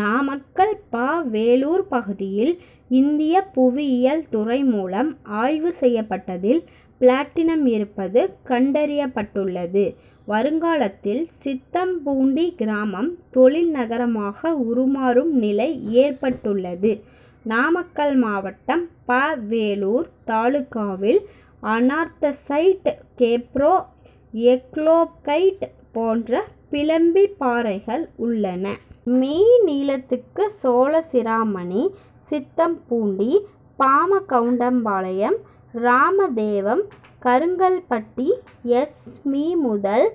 நாமக்கல் ப. வேலூர் பகுதியில், இந்திய புவியியல் துறை மூலம் ஆய்வு செய்யப்பட்டதில், பிளாட்டினம் இருப்பது கண்டறியப்பட்டுள்ளது. வருங்காலத்தில் சித்தம்பூண்டி கிராமம் தொழில் நகரமாக உருமாறும் நிலை ஏற்பட்டுள்ளது. நாமக்கல் மாவட்டம் ப. வேலூர் தாலுகாவில் அனார்த்தசைட் கேப்ரோ, எக்லோகைட் போன்ற பிளம்பி பாறைகள் உள்ளன. மீ., நீளத்துக்கு, சோழசிராமணி, சித்தம்பூண்டி, பாமகவுண்டம்பாளையம், ராமதேவம், கருங்கல்பட்டி, எஸ். மீ., முதல்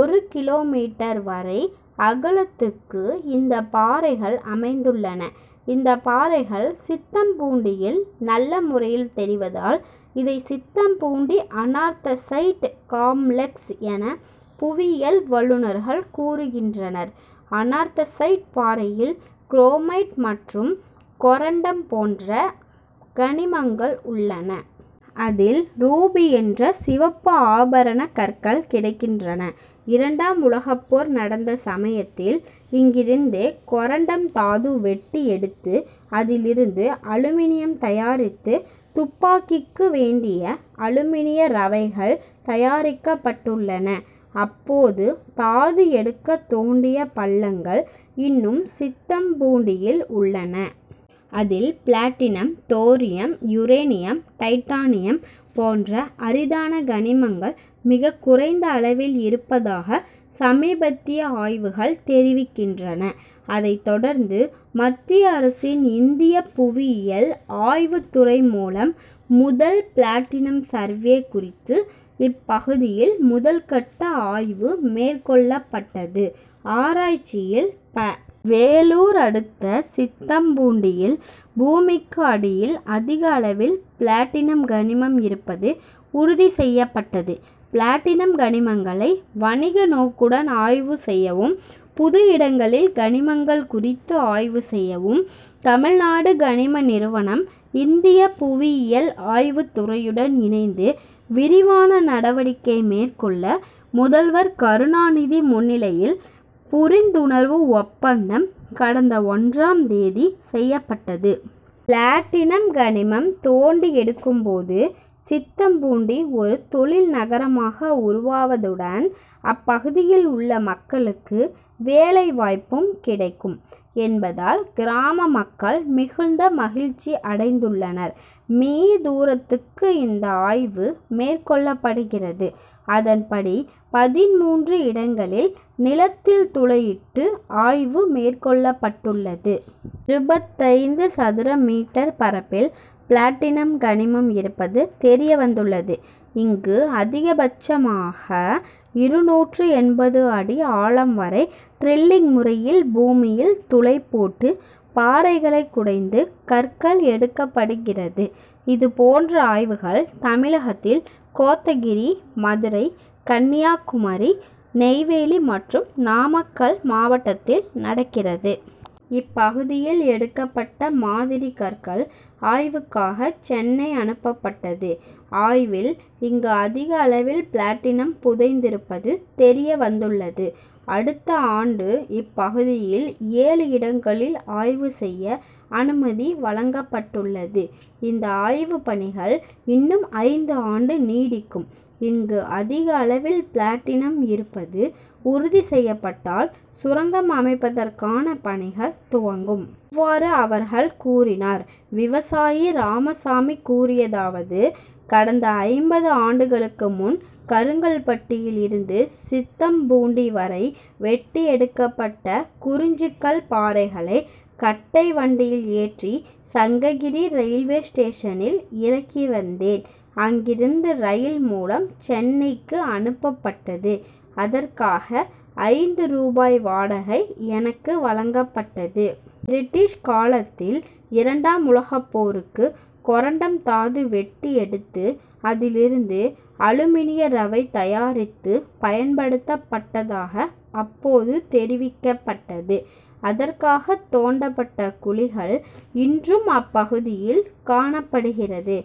ஒரு கிலோ. மீட்டர்., வரை அகலத்துக்கு இந்த பாறைகள் அமைந்துள்ளன. இந்த பாறைகள் சித்தம்பூண்டியில் நல்லமுறையில் தெரிவதால், இதை சித்தம்பூண்டி அனார்த்தசைட் காம்ளெக்ஸ் என புவியியல் வல்லுனர்கள் கூறுகின்றனர். அனார்த்தசைட் பாறையில் குரோமைட் மற்றும் கொரண்டம் போன்ற கனிமங்கள் உள்ளன. அதில், ரூபி என்ற சிவப்பு ஆபரண கற்கள் கிடைக்கின்றன. இரண்டாம் உலகப்போர் நடத்த சமயத்தில் இங்கிருந்து கொரண்டம் தாது வெட்டி எடுத்து, அதில் இருந்து அலுமினியம் தயாரித்து, துப்பாக்கிக்கு வேண்டிய அலுமினிய ரவைகள் தயாரிக்கப்பட்டுள்ளன. அப்போது தாது எடுக்க தோண்டிய பள்ளங்கள் இன்னும் சித்தம்பூண்டியில் உள்ளன. அதில், பிளாட்டினம் தோரியம், யுரேனியம், டைட்டானியம் போன்ற அரிதான கனிமங்கள் மிகக்குறைந்த அளவில் இருப்பதாக சமீபத்திய ஆய்வுகள் தெரிவிக்கின்றன. அதை தொடர்ந்து மத்திய அரசின் இந்திய புவியியல் ஆய்வு துறை மூலம், முதல், பிளாட்டினம் சர்வே குறித்து இப்பகுதியில் முதல்கட்ட ஆய்வு மேற்கொள்ளப்பட்டது. ஆராய்ச்சியில், ப. வேலூர் அடுத்த சித்தம்பூண்டியில் பூமிக்கு அடியில் அதிக அளவில் பிளாட்டினம் கனிமம் இருப்பது உறுதி செய்யப்பட்டது. பிளாட்டினம் கனிமங்களை வணிக நோக்குடன் ஆய்வு செய்யவும், புது இடங்களில் கனிமங்கள் குறித்து ஆய்வு செய்யவும் தமிழ்நாடு கனிம நிறுவனம், இந்திய புவியியல் ஆய்வுத்துறையுடன் இணைந்து விரிவான நடவடிக்கை மேற்கொள்ள முதல்வர் கருணாநிதி முன்னிலையில் புரிந்துணர்வு ஒப்பந்தம் கடந்த ஒன்றாம் தேதி செய்யப்பட்டது. பிளாட்டினம் கனிமம் தோண்டி எடுக்கும் போது சித்தம்பூண்டி ஒரு தொழில் நகரமாக உருவாவதுடன், அப்பகுதியில் உள்ள மக்களுக்கு வேலைவாய்ப்பும் கிடைக்கும் என்பதால், கிராம மக்கள் மிகுந்த மகிழ்ச்சி அடைந்துள்ளனர். மீ., தூரத்துக்கு இந்த ஆய்வு மேற்கொள்ளப்படுகிறது. அதன்படி, பதின்மூன்று இடங்களில் நிலத்தில் துளையிட்டு ஆய்வு மேற்கொள்ளப்பட்டுள்ளது. இருபத்தைந்து சதுர மீட்டர் பரப்பில் பிளாட்டினம் கனிமம் இருப்பது தெரியவந்துள்ளது. இங்கு அதிகபட்சமாக இருநூற்று எண்பது அடி ஆழம் வரை டிரில்லிங் முறையில் பூமியில் துளை போட்டு பாறைகளை குடைந்து கற்கள் எடுக்கப்படுகிறது. இது போன்ற ஆய்வுகள் தமிழகத்தில் கோத்தகிரி, மதுரை, கன்னியாகுமரி, நெய்வேலி மற்றும் நாமக்கல் மாவட்டத்தில் நடக்கிறது. இப்பகுதியில் எடுக்கப்பட்ட மாதிரி கற்கள் ஆய்வுக்காக சென்னை அனுப்பப்பட்டது. ஆய்வில் இங்கு அதிக அளவில் பிளாட்டினம் புதைந்திருப்பது தெரியவந்துள்ளது. அடுத்த ஆண்டு இப்பகுதியில் ஏழு இடங்களில் ஆய்வு செய்ய அனுமதி வழங்கப்பட்டுள்ளது. இந்த ஆய்வு பணிகள் இன்னும் ஐந்து ஆண்டு நீடிக்கும். இங்கு அதிக அளவில் பிளாட்டினம் இருப்பது உறுதி செய்யப்பட்டால், சுரங்கம் அமைப்பதற்கான பணிகள் துவங்கும். இவ்வாறு அவர்கள் கூறினார். விவசாயி ராமசாமி கூறியதாவது கடந்த ஐம்பது ஆண்டுகளுக்கு முன் கருங்கல்பட்டியில் இருந்து சித்தம்பூண்டி வரை வெட்டி எடுக்கப்பட்ட குறிஞ்சிக்கல் பாறைகளை கட்டை வண்டியில் ஏற்றி, சங்ககிரி ரயில்வே ஸ்டேஷனில் இறக்கி வந்தேன். அங்கிருந்து ரயில் மூலம் சென்னைக்கு அனுப்பப்பட்டது. அதற்காக ஐந்து ரூபாய் வாடகை எனக்கு வழங்கப்பட்டது. பிரிட்டீஷ் காலத்தில் இரண்டாம் உலகப்போருக்கு கொரண்டம் தாது வெட்டி எடுத்து, அதில் இருந்து அலுமினிய ரவை தயாரித்து, பயன்படுத்தப்பட்டதாக அப்போது தெரிவிக்கப்பட்டது. அதற்காக தோண்டப்பட்ட குழிகள் இன்றும் அப்பகுதியில் காணப்படுகிறது.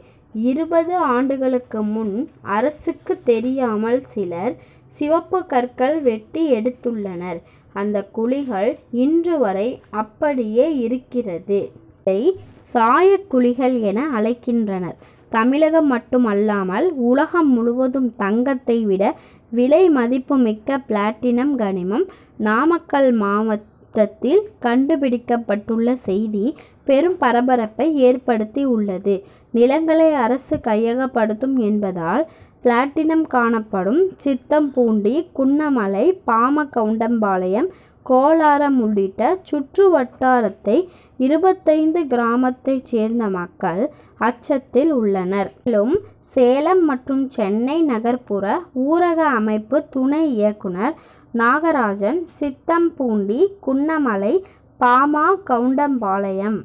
இருபது ஆண்டுகளுக்கு முன் அரசுக்கு தெரியாமல் சிலர் சிவப்பு கற்கள் வெட்டி எடுத்துள்ளனர். அந்த குழிகள் இன்றுவரை அப்படியே இருக்கிறது. அதை சாயக்குழிகள் என அழைக்கின்றனர். தமிழகம் மட்டும் அல்லாமல் உலகம் முழுவதும் தங்கத்தை விட விலை மதிப்பு மிக்க பிளாட்டினம் கனிமம் நாமக்கல் மாவட்டத்தில் கண்டுபிடிக்கப்பட்டுள்ள செய்தி பெரும் பரபரப்பை ஏற்படுத்தி உள்ளது. நிலங்களை அரசு கையகப்படுத்தும் என்பதால், பிளாட்டினம் காணப்படும் சித்தம்பூண்டி, குன்னமலை, பாமகவுண்டம்பாளையம், கோலாரம் உள்ளிட்ட சுற்று வட்டாரத்தை இருபத்தைந்து கிராமத்தை சேர்ந்த மக்கள் அச்சத்தில் உள்ளனர். மேலும், சேலம் மற்றும் சென்னை நகர்புற ஊரக அமைப்பு துணை இயக்குனர் நாகராஜன், சித்தம்பூண்டி, குன்னமலை, பாமா கவுண்டம்பாளையம்,